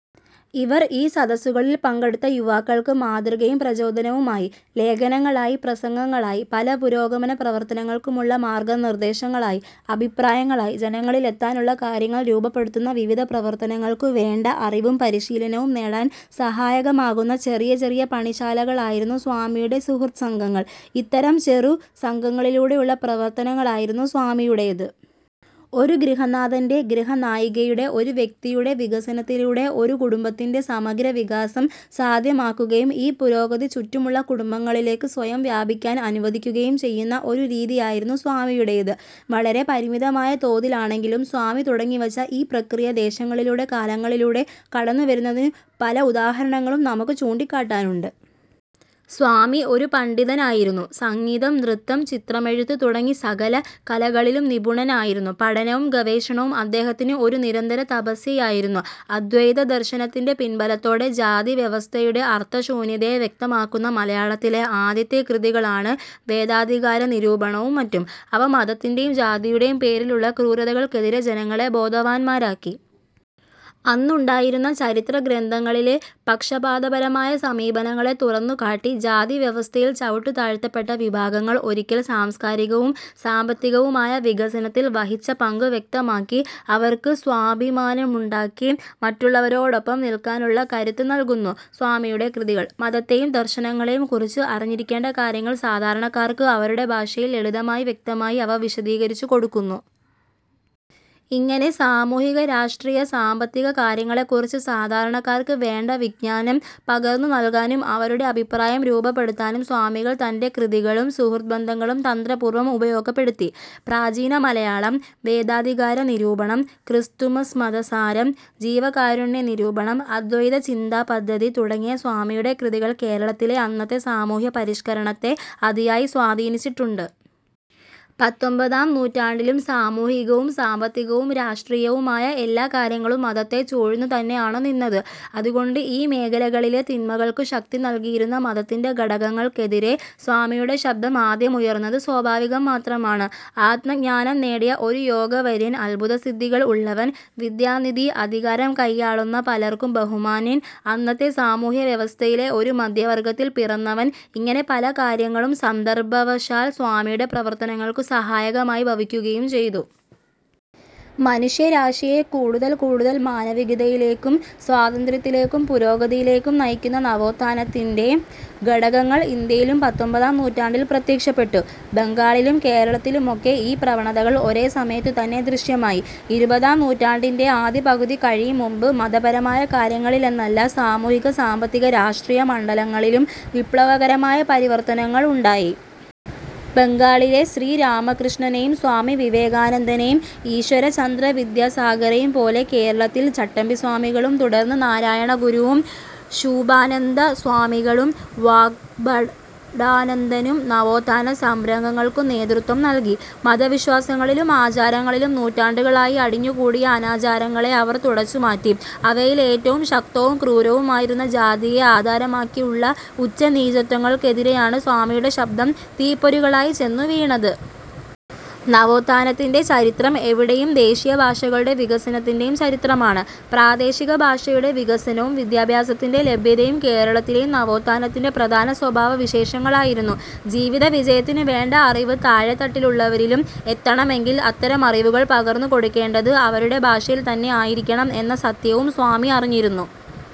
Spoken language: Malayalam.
ഇവർ ഈ സദസ്സുകളിൽ പങ്കെടുത്ത യുവാക്കൾക്ക് മാതൃകയും പ്രചോദനവുമായി. ലേഖനങ്ങളായി, പ്രസംഗങ്ങളായി, പല പുരോഗമന പ്രവർത്തനങ്ങൾക്കുമുള്ള മാർഗ്ഗ നിർദ്ദേശങ്ങളായി, അഭിപ്രായങ്ങളായി, ജനങ്ങളിലെത്താനുള്ള കാര്യങ്ങൾ രൂപപ്പെടുത്തുന്ന വിവിധ പ്രവർത്തനങ്ങൾക്കു് വേണ്ട അറിവും പരിശീലനവും നേടാൻ സഹായകമാകുന്ന ചെറിയ ചെറിയ പണിശാലകളായിരുന്നു സ്വാമിയുടെ സുഹൃദ്സംഘങ്ങൾ. ഇത്തരം ചെറു സംഘങ്ങളിലൂടെയുള്ള പ്രവർത്തനങ്ങളായിരുന്നു സ്വാമിയുടേതു്. ഒരു ഗൃഹനാഥന്റെ, ഗൃഹനായികയുടെ, ഒരു വ്യക്തിയുടെ വികസനത്തിലൂടെ ഒരു കുടുംബത്തിന്റെ സമഗ്ര വികാസം സാദ്ധ്യമാക്കുകയും ഈ പുരോഗതി ചുറ്റുമുള്ള കുടുംബങ്ങളിലേക്കും സ്വയം വ്യാപിക്കാൻ അനുവദിക്കുകയും ചെയ്യുന്ന ഒരു രീതിയായിരുന്നു സ്വാമിയുടേതു്. വളരെ പരിമിതമായ തോതിലാണെങ്കിലും സ്വാമി തുടങ്ങിവച്ച ഈ പ്രക്രിയ ദേശങ്ങളിലൂടെ കാലങ്ങളിലൂടെ കടന്നുവരുന്നെന്നതിനു് പല ഉദാഹരണങ്ങളും നമുക്കു് ചൂണ്ടിക്കാട്ടാനുണ്ടു്. സ്വാമി ഒരു പണ്ഡിതനായിരുന്നു. സംഗീതം, നൃത്തം, ചിത്രമെഴുത്തു് തുടങ്ങി സകല കലകളിലും നിപുണനായിരുന്നു. പഠനവും ഗവേഷണവും അദ്ദേഹത്തിനു് ഒരു നിരന്തര തപസ്യയായിരുന്നു. അദ്വൈത ദർശനത്തിന്റെ പിൻബലത്തോടെ ജാതി വ്യവസ്ഥയുടെ അർത്ഥശൂന്യതയെ വ്യക്തമാക്കുന്ന മലയാളത്തിലെ ആദ്യത്തെ കൃതികളാണു് വേദാധികാരനിരൂപണവും മറ്റും. അവ മതത്തിന്റെയും ജാതിയുടെയും പേരിലുള്ള ക്രൂരതകൾക്കെതിരെ ജനങ്ങളെ ബോധവാന്മാരാക്കി. അന്നുണ്ടായിരുന്ന ചരിത്ര ഗ്രന്ഥങ്ങളിലെ പക്ഷപാതപരമായ സമീപനങ്ങളെ തുറന്നുകാട്ടി, ജാതി വ്യവസ്ഥയിൽ ചവുട്ടിതാഴ്ത്തപ്പെട്ട വിഭാഗങ്ങൾ ഒരിക്കൽ സാംസ്കാരികവും സാമ്പത്തികവുമായ വികസനത്തിൽ വഹിച്ച പങ്കു് വ്യക്തമാക്കി അവർക്കു് സ്വാഭിമാനമുണ്ടാക്കി മറ്റുള്ളവരോടൊപ്പം നിൽക്കാനുള്ള കരുത്തു് നൽകുന്നു സ്വാമിയുടെ കൃതികൾ. മതത്തെയും ദർശനങ്ങളെയും കുറിച്ചു് അറിഞ്ഞിരിക്കേണ്ട കാര്യങ്ങൾ സാധാരണക്കാർക്കു് അവരുടെ ഭാഷയിൽ, ലളിതമായി വ്യക്തമായി അവ വിശദീകരിച്ചു കൊടുക്കുന്നു. ഇങ്ങനെ സാമൂഹിക രാഷ്ട്രീയ സാമ്പത്തിക കാര്യങ്ങളെക്കുറിച്ചു് സാധാരണക്കാർക്കു് വേണ്ട വിജ്ഞാനം പകർന്നു് നൽകാനും അവരുടെ അഭിപ്രായം രൂപപ്പെടുത്താനും സ്വാമികൾ തന്റെ കൃതികളും സുഹൃദ് ബന്ധങ്ങളും തന്ത്രപൂർവ്വം ഉപയോഗപ്പെടുത്തി. പ്രാചീനമലയാളം, വേദാധികാര നിരൂപണം, ക്രിസ്തുമതസാരം, ജീവകാരുണ്യനിരൂപണം, അദ്വൈതചിന്താപദ്ധതി തുടങ്ങിയ സ്വാമിയുടെ കൃതികൾ കേരളത്തിലെ അന്നത്തെ സാമൂഹ്യപരിഷ്കരണത്തെ അതിയായി സ്വാധീനിച്ചിട്ടുണ്ടു്. പത്തൊമ്പതാം നൂറ്റാണ്ടിലും സാമൂഹികവും സാമ്പത്തികവും രാഷ്ട്രീയവും ആയ എല്ലാ കാര്യങ്ങളും മതത്തെ ചൂഴ്ന്നു തന്നെയാണു് നിന്നതു്. അതുകൊണ്ടു് ഈ മേഖലകളിലെ തിന്മകൾക്കു് ശക്തി നൽകിയിരുന്ന മതത്തിന്റെ ഘടകങ്ങൾക്കെതിരെ സ്വാമിയുടെ ശബ്ദം ആദ്യം ഉയർന്നതു് സ്വാഭാവികം മാത്രമാണു്. ആത്മജ്ഞാനം നേടിയ ഒരു യോഗവര്യൻ, അത്ഭുതസിദ്ധികൾ ഉള്ളവൻ, വിദ്യാനിധി, അധികാരം കൈയ്യാളുന്ന പലർക്കും ബഹുമാന്യൻ, അന്നത്തെ സാമൂഹ്യ വ്യവസ്ഥയിലെ ഒരു മധ്യവർഗത്തിൽ പിറന്നവൻ ഇങ്ങനെ പല കാര്യങ്ങളും സന്ദർഭവശാൽ സ്വാമിയുടെ പ്രവർത്തനങ്ങൾക്കു് സഹായകമായി ഭവിക്കുകയും ചെയ്തു. മനുഷ്യരാശിയെ കൂടുതൽ കൂടുതൽ മാനവികതയിലേക്കും, സ്വാതന്ത്ര്യത്തിലേക്കും, പുരോഗതിയിലേക്കും നയിക്കുന്ന നവോത്ഥാനത്തിന്റെ ഘടകങ്ങൾ ഇന്ത്യയിലും പത്തൊമ്പതാം നൂറ്റാണ്ടിൽ പ്രത്യക്ഷപ്പെട്ടു. ബംഗാളിലും കേരളത്തിലുമൊക്കെ ഈ പ്രവണതകൾ ഒരേ സമയത്തു തന്നെ ദൃശ്യമായി. ഇരുപതാം നൂറ്റാണ്ടിന്റെ ആദ്യപകുതി കഴിയും മുമ്പു് മതപരമായ കാര്യങ്ങളിലെന്നല്ല, സാമൂഹിക, സാമ്പത്തിക രാഷ്ട്രീയ മണ്ഡലങ്ങളിലും വിപ്ലവകരമായ പരിവർത്തനങ്ങൾ ഉണ്ടായി. ബംഗാളിലെ ശ്രീ രാമകൃഷ്ണനെയും, സ്വാമി വിവേകാനന്ദനെയും, ഈശ്വര ചന്ദ്ര വിദ്യസാഗറെയും പോലെ കേരളത്തിൽ ചട്ടമ്പിസ്വാമികളും, തുടർന്നു് നാരയണഗുരുവും, ശൂഭാനന്ദ സ്വാമികളും, വാഗ്ഭടാനന്ദനും നവോത്ഥാന സംരംഭംങ്ങൾക്കു് നേതൃത്വം നൽകി. മത വിശ്വാസങ്ങളിലും ആചാരങ്ങളിലും നൂറ്റാണ്ടുകളായി അടിഞ്ഞുകൂടിയ അനാചാരങ്ങളെ അവർ തുടച്ചുമാറ്റി അവയിൽ ഏറ്റവും ശക്തവും ക്രൂരവുമായിരുന്ന ജാതിയെ ആധാരമാക്കിയുള്ള ഉച്ച നീചത്വങ്ങൾക്കെതിരെയാണു് സ്വാമിയുടെ ശബ്ദം തീപ്പൊരികളായി ചെന്നു് വീണതു്. നവോത്ഥാനത്തിന്റെ ചരിത്രം എവിടെയും ദേശീയ ഭാഷകളുടെ വികസനത്തിന്റെയും ചരിത്രമാണു്. പ്രാദേശിക ഭാഷയുടെ വികസനവും വിദ്യാഭ്യാസത്തിന്റെ ലഭ്യതയും കേരളത്തിലെയും നവേത്ഥാനത്തിന്റെ പ്രധാന സ്വഭാവവിശേഷങ്ങളായിരുന്നു. ജീവിത വിജയത്തിന് വേണ്ട അറിവു് താഴെത്തട്ടിലുള്ളവരിലും എത്തണമെങ്കിൽ അത്തരം അറിവുകൾ പകർന്നു കൊടുക്കേണ്ടതു് അവരുടെ ഭാഷയിൽ തന്നെ ആയിരിക്കണം എന്ന സത്യവും സ്വാമി അറിഞ്ഞിരുന്നു.